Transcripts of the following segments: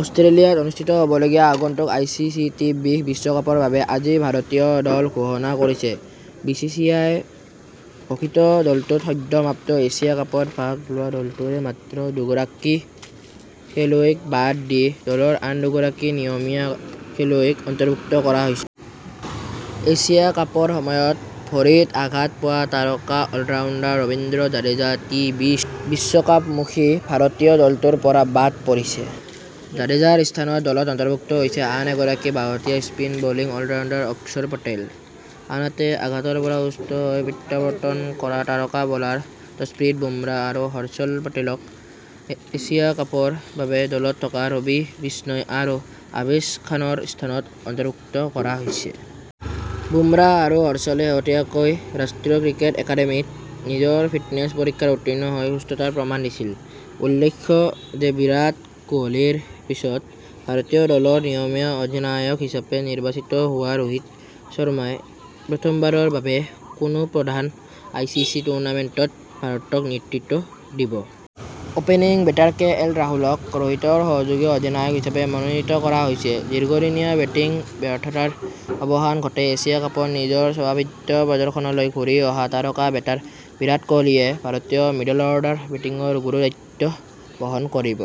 অষ্ট্ৰেলিয়াত অনুষ্ঠিত হ'বলগীয়া আগন্তুক আইচিচি টি বিশ বিশ্বকাপৰ বাবে আজি ভাৰতীয় দল ঘোষণা কৰিছে বিচিচিআয়ে। ঘোষিত দলটোত সদ্য সমাপ্ত এছিয়া কাপত ভাগ লোৱা দলটোৰে মাত্ৰ দুগৰাকী খেলুৱৈক বাদ দি দলৰ আন দুগৰাকী নিয়মীয়া খেলুৱৈক অন্তৰ্ভুক্ত কৰা হৈছে। এছিয়া কাপৰ সময়ত ভৰিত আঘাত পোৱা তাৰকা অলৰাউণ্ডাৰ ৰবীন্দ্ৰ জাদেজা টি বিশ বিশ্বকাপমুখী ভাৰতীয় দলটোৰ পৰা বাদ পৰিছে। জাদেজাৰ স্থানত দলত অন্তৰ্ভুক্ত হৈছে আন এগৰাকী বাওঁহতীয়া spin bowling allrounder Axar Patel. আনহাতে আঘাতৰ পৰা সুস্থ হৈ প্ৰত্যাৱৰ্তন কৰা তাৰকা বলাৰ যশপ্ৰীত বুমৰাহ আৰু হৰ্ষল পেটেলক এছিয়া কাপৰ বাবে দলত থকা ৰবি বিষ্ণৈ আৰু আভেশ খানৰ স্থানত অন্তৰ্ভুক্ত কৰা হৈছে। বুমৰাহ আৰু হৰ্ষলে শেহতীয়াকৈ ৰাষ্ট্ৰীয় ক্ৰিকেট একাডেমীত নিজৰ ফিটনেছ পৰীক্ষাত উত্তীৰ্ণ হৈ সুস্থতাৰ প্ৰমাণ দিছিল।‌ উল্লেখ্য যে বিৰাট কোহলীৰ পিছত ভাৰতীয় দলৰ নিয়মীয়া অধিনায়ক হিচাপে নিৰ্বাচিত হোৱা ৰোহিত শৰ্মাই প্ৰথমবাৰৰ বাবে কোনো প্ৰধান আইচিচি টুৰ্ণামেণ্টত ভাৰতক নেতৃত্ব দিব।‌ অপেনিং বেটাৰ কে এল ৰাহুলক ৰোহিতৰ সহযোগী অধিনায়ক হিচাপে মনোনীত কৰা হৈছে। দীৰ্ঘদিনীয়া বেটিং ব্যৰ্থতাৰ অৱসান ঘটাই এছিয়া কাপত নিজৰ স্বভাৱসিদ্ধ প্ৰদৰ্শনলৈ ঘূৰি অহা তাৰকা বেটাৰ বিৰাট কোহলীয়ে ভাৰতীয় মিডল অৰ্ডাৰ বেটিঙৰ গুৰু দায়িত্ব বহন কৰিব।‌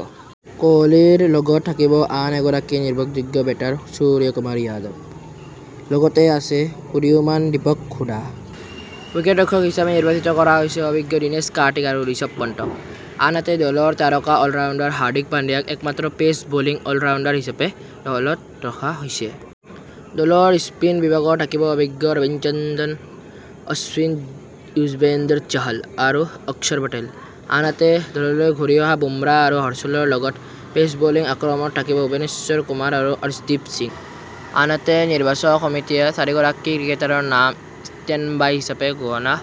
কোহলীৰ লগত থাকিব আন এগৰাকী নিৰ্ভৰযোগ্য বেটাৰ সূৰ্যকুমাৰ যাদৱ। লগতে আছে উদীয়মান দীপক হুডা। উইকেট ৰক্ষক হিচাপে নিৰ্বাচিত কৰা হৈছে অভিজ্ঞ দীনেশ কাৰ্তিক আৰু ঋষভ পণ্টক। আনহাতে দলৰ তাৰকা অলৰাউণ্ডাৰ হাৰ্ডিক পাণ্ডিয়াক একমাত্ৰ পেচ বলিং অলৰাউণ্ডাৰ হিচাপে দলত ৰখা হৈছে। দলৰ স্পীন বিভাগত থাকিব অভিজ্ঞ ৰবিচন্দ্ৰন অশ্বিন যুজবেন্দ্ৰ চাহাল আৰু অক্সৰ পেটেল। আনহাতে দললৈ ঘূৰি অহা বুমৰাহ আৰু হৰ্ষলৰ লগত পেচ বলিং আক্ৰমণত থাকিব ভুৱনেশ্বৰ কুমাৰ আৰু অৰ্শদ্বীপ সিং। আনহাতে নিৰ্বাচক সমিতিয়ে চাৰিগৰাকী ক্ৰিকেটাৰৰ নাম ষ্টেণ্ডবাই হিচাপে ঘোষণা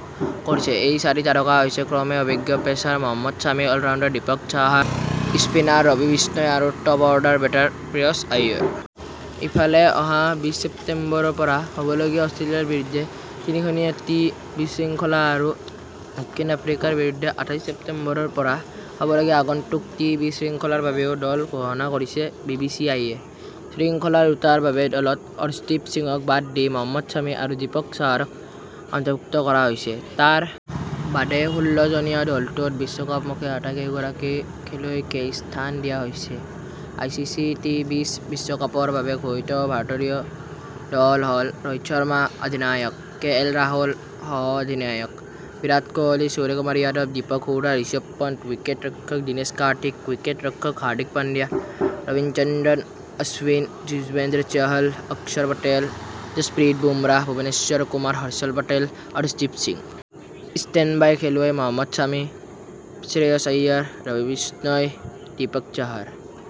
কৰিছেএই চাৰি তাৰকা হৈছে ক্ৰমে অভিজ্ঞ pacer Mohammed Shami allrounder Deepak Chahar, spinner Ravi Bishnoi আৰু top order batter Shreyas Iyer. ইফালে অহা বিশ ছেপ্টেম্বৰৰ পৰা হবলগীয়া অষ্ট্ৰেলিয়াৰ বিৰুদ্ধে তিনিখনীয়া টি বিশ শৃংখলা আৰু দক্ষিণ আফ্ৰিকাৰ বিৰুদ্ধে আঠাইশ ছেপ্টেম্বৰৰ পৰা হবলগীয়া আগন্তুক টি বিশ শৃংখলাৰ বাবেও দল ঘোষণা কৰিছে বিচিচিআইয়ে। শৃংখলা দুটাৰ বাবে দলত অৰ্শদ্বীপ সিঙক বাদ দি মহম্মদ ছামী আৰু দীপক চাহাৰক অন্তৰ্ভুক্ত কৰা হৈছে। তাৰ বাদে ষোল্ল জনীয়া দলটোত বিশ্বকাপমুখী আটাইকেইগৰাকী খেলুৱৈকে স্থান দিয়া হৈছে। আইচিচি টি বিশ বিশ্বকাপৰ বাবে ঘোষিত ভাৰতীয় দল হ'ল ৰোহিত শৰ্মা অধিনায়ক, কে এল ৰাহুল সহঅধিনায়ক, বিৰাট কোহলী, সূৰ্যকুমাৰ যাদৱ, দীপক হুডা, ঋষভ পণ্ট, উইকেট ৰক্ষক দিনেশ কাৰ্তিক, উইকেট ৰক্ষক হাৰ্দিক পাণ্ডিয়া, ৰবিচন্দ্ৰন অশ্বিন, যুজবেন্দ্ৰ চাহল, অক্সৰ পেটেল, যশপ্ৰীত বুমৰাহ, ভুৱনেশ্বৰ কুমাৰ, হৰ্ষল পেটেল, অৰ্শদ্বীপ সিং। ষ্টেণ্ডবাই খেলুৱৈ মহম্মদ ছামী, শ্ৰেয়স আয়াৰ, ৰবি বিষ্ণৈ, দীপক চাহাৰ।